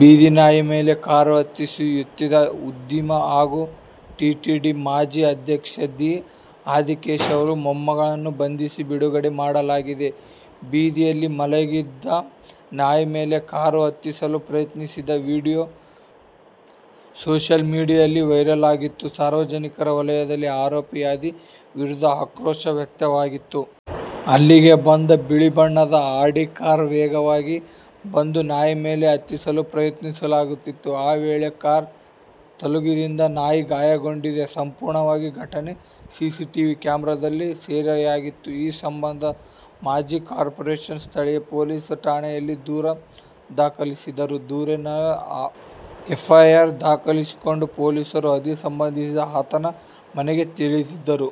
ಬೀದಿ ನಾಯಿ ಮೇಲೆ ಕಾರು ಹತ್ತಿಸಲು ಯತ್ನಿಸಿದ್ದ ಉದ್ಯಮಿ ಹಾಗೂ ಟಿಟಿಡಿ ಮಾಜಿ ಅಧ್ಯಕ್ಷ ದಿ. ಆದಿಕೇಶವಲು ಮೊಮ್ಮಗನನ್ನು ಬಂಧಿಸಿ ಬಿಡುಗಡೆ ಮಾಡಲಾಗಿದೆ. ಬೀದಿಯಲ್ಲಿ ಮಲಗಿದ್ದ ನಾಯಿ ಮೇಲೆ ಕಾರು ಹತ್ತಿಸಲು ಪ್ರಯತ್ನಿಸಿದ್ದ ವಿಡಿಯೋ ಸೋಶಿಯಲ್ ಮೀಡಿಯಾದಲ್ಲಿ ವೈರಲ್ ಆಗಿತ್ತು. ಸಾರ್ವಜನಿಕ ವಲಯದಲ್ಲಿ ಆರೋಪಿ ಆದಿ ವಿರುದ್ಧ ಆಕ್ರೋಶ ವ್ಯಕ್ತವಾಗಿತ್ತು. ಅಲ್ಲಿಗೆ ಬಂದ ಬಿಳಿ ಬಣ್ಣದ ಆಡಿ ಕಾರ್ ವೇಗವಾಗಿ ಬಂದು ನಾಯಿ ಮೇಲೆ ಹತ್ತಿಸಲು ಪ್ರಯತ್ನಿಸಲಾಗಿತ್ತು. ಈ ವೇಳೆ ಕಾರು ತಗುಲಿದ್ದರಿಂದ ನಾಯಿ ಗಾಯಗೊಂಡಿತ್ತು. ಸಂಪೂರ್ಣ ಘಟನೆ ಸಿಸಿಟಿವಿ ಕ್ಯಾಮೆರಾದಲ್ಲಿ ಸೆರೆಯಾಗಿತ್ತು. ಈ ಸಂಬಂಧ ಮಾಜಿ ಕಾರ್ಪೋರೇಟರ್ ಸ್ಥಳೀಯ ಪೊಲೀಸ್ ಠಾಣೆಯಲ್ಲಿ ದೂರು ದಾಖಲಿಸಿದ್ರು. ದೂರಿನನ್ವಯ ಎಫ್ಐಆರ್ ದಾಖಲಿಸಿಕೊಂಡ ಪೊಲೀಸರು ಆದಿ ಬಂಧನಕ್ಕೆ ಆತನ ಮನೆಗೆ ತೆರಳಿದ್ದರು.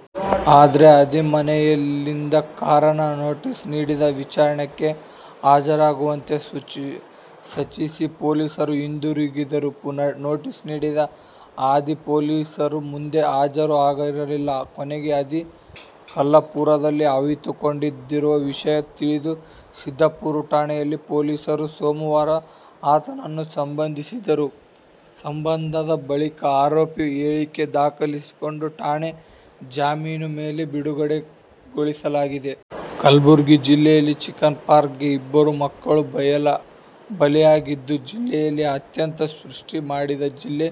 ಆದ್ರೆ ಆದಿ ಮನೆಯಲ್ಲಿರದ ಕಾರಣ ನೋಟಿಸ್ ನೀಡಿ ವಿಚಾರಣೆಗೆ ಹಾಜರಾಗುವಂತೆ ಸೂಚಿಸಿ ಪೊಲೀಸರು ಹಿಂದಿರುಗಿದ್ದರು. ನೋಟಿಸ್ ನೀಡಿದ್ದರೂ ಆದಿ ಪೊಲೀಸರ ಮುಂದೆ ಹಾಜರು ಆಗಿರಲಿಲ್ಲ. ಕೊನೆಗೆ ಆದಿ ಕಗ್ಗಲಿಪುರದಲ್ಲಿ ಅವಿತುಕೊಂಡಿರುವ ವಿಷಯ ತಿಳಿದ ಸಿದ್ದಾಪುರ ಠಾಣೆಯ ಪೊಲೀಸರು ಸೋಮವಾರ ಆತನನ್ನು ಬಂಧಿಸಿದ್ದರು. ಬಂಧನದ ಬಳಿಕ ಆರೋಪಿ ಹೇಳಿಕೆ ದಾಖಲಿಸಿಕೊಂಡು ಠಾಣಾ ಜಾಮೀನಿನ ಮೇಲೆ ಬಿಡುಗಡೆಗೊಳಿಸಲಾಗಿದೆ. ಕಲಬುರಗಿ ಜಿಲ್ಲೆಯಲ್ಲಿ ಚಿಕನ್ ಪಾಕ್ಸ್ ಗೆ ಇಬ್ಬರು ಮಕ್ಕಳು ಬಲಿಯಾಗಿದ್ದು, ಜಿಲ್ಲೆಯಲ್ಲಿ ಆತಂಕ ಸೃಷ್ಟಿ ಮಾಡಿದೆ. ಜಿಲ್ಲೆಯ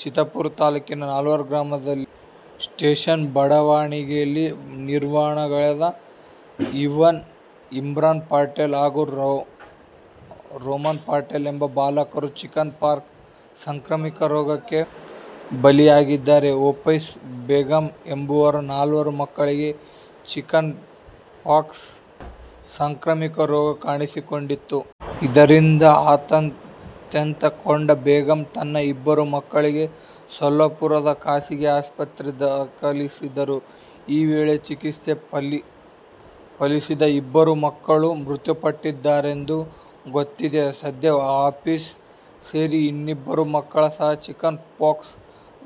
ಚಿತ್ತಾಪುರ ತಾಲೂಕಿನ ನಾಲವಾರ್ ಗ್ರಾಮದಲ್ಲಿ ಸ್ಟೇಷನ್ ಬಡಾವಣೆಯ ನಿವಾಸಿಗಳಾದ ಇಮ್ರಾನ್ ಪಟೇಲ್ ಹಾಗೂ ರೆಹಮಾನ್ ಪಟೇಲ್ ಎಂಬ ಬಾಲಕರು ಚಿಕನ್ ಪಾಕ್ಸ್ ಸಾಂಕ್ರಾಮಿಕ ರೋಗಕ್ಕೆ ಬಲಿಯಾಗಿದ್ದಾರೆ. ಹಾಪೀಸಾ ಬೇಗಂ ಎಂಬುವರ ನಾಲ್ವರು ಮಕ್ಕಳಲ್ಲಿ ಚಿಕನ್ ಪಾಕ್ಸ್ ಸಾಂಕ್ರಾಮಿಕ ರೋಗ ಕಾಣಿಸಿಕೊಂಡಿತ್ತು. ಇದರಿಂದ ಆತಂಕಗೊಂಡ ಬೇಗಂ ತನ್ನ ಇಬ್ಬರು ಮಕ್ಕಳನ್ನು ಸೊಲ್ಲಾಪುರದ ಖಾಸಗಿ ಆಸ್ಪತ್ರೆಗೆ ದಾಖಲಿಸಿದ್ದರು. ಈ ವೇಳೆ ಚಿಕಿತ್ಸೆ ಫಲಿಸದೆ ಇಬ್ಬರು ಮಕ್ಕಳು ಮೃತಪಟ್ಟಿದ್ದಾರೆಂದು ಗೊತ್ತಾಗಿದೆ. ಸದ್ಯ ಹಾಪೀಸಾ ಸೇರಿ ಇನ್ನಿಬ್ಬರು ಮಕ್ಕಳು ಸಹ ಚಿಕನ್ ಪಾಕ್ಸ್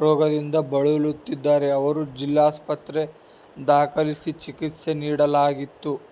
ರೋಗದಿಂದ ಬಳಲುತ್ತಿದ್ದು, ಅವರನ್ನು ಜಿಲ್ಲಾಸ್ಪತ್ರೆಗೆ ದಾಖಲಿಸಿ ಚಿಕಿತ್ಸೆ ನೀಡಲಾಗುತ್ತಿದೆ.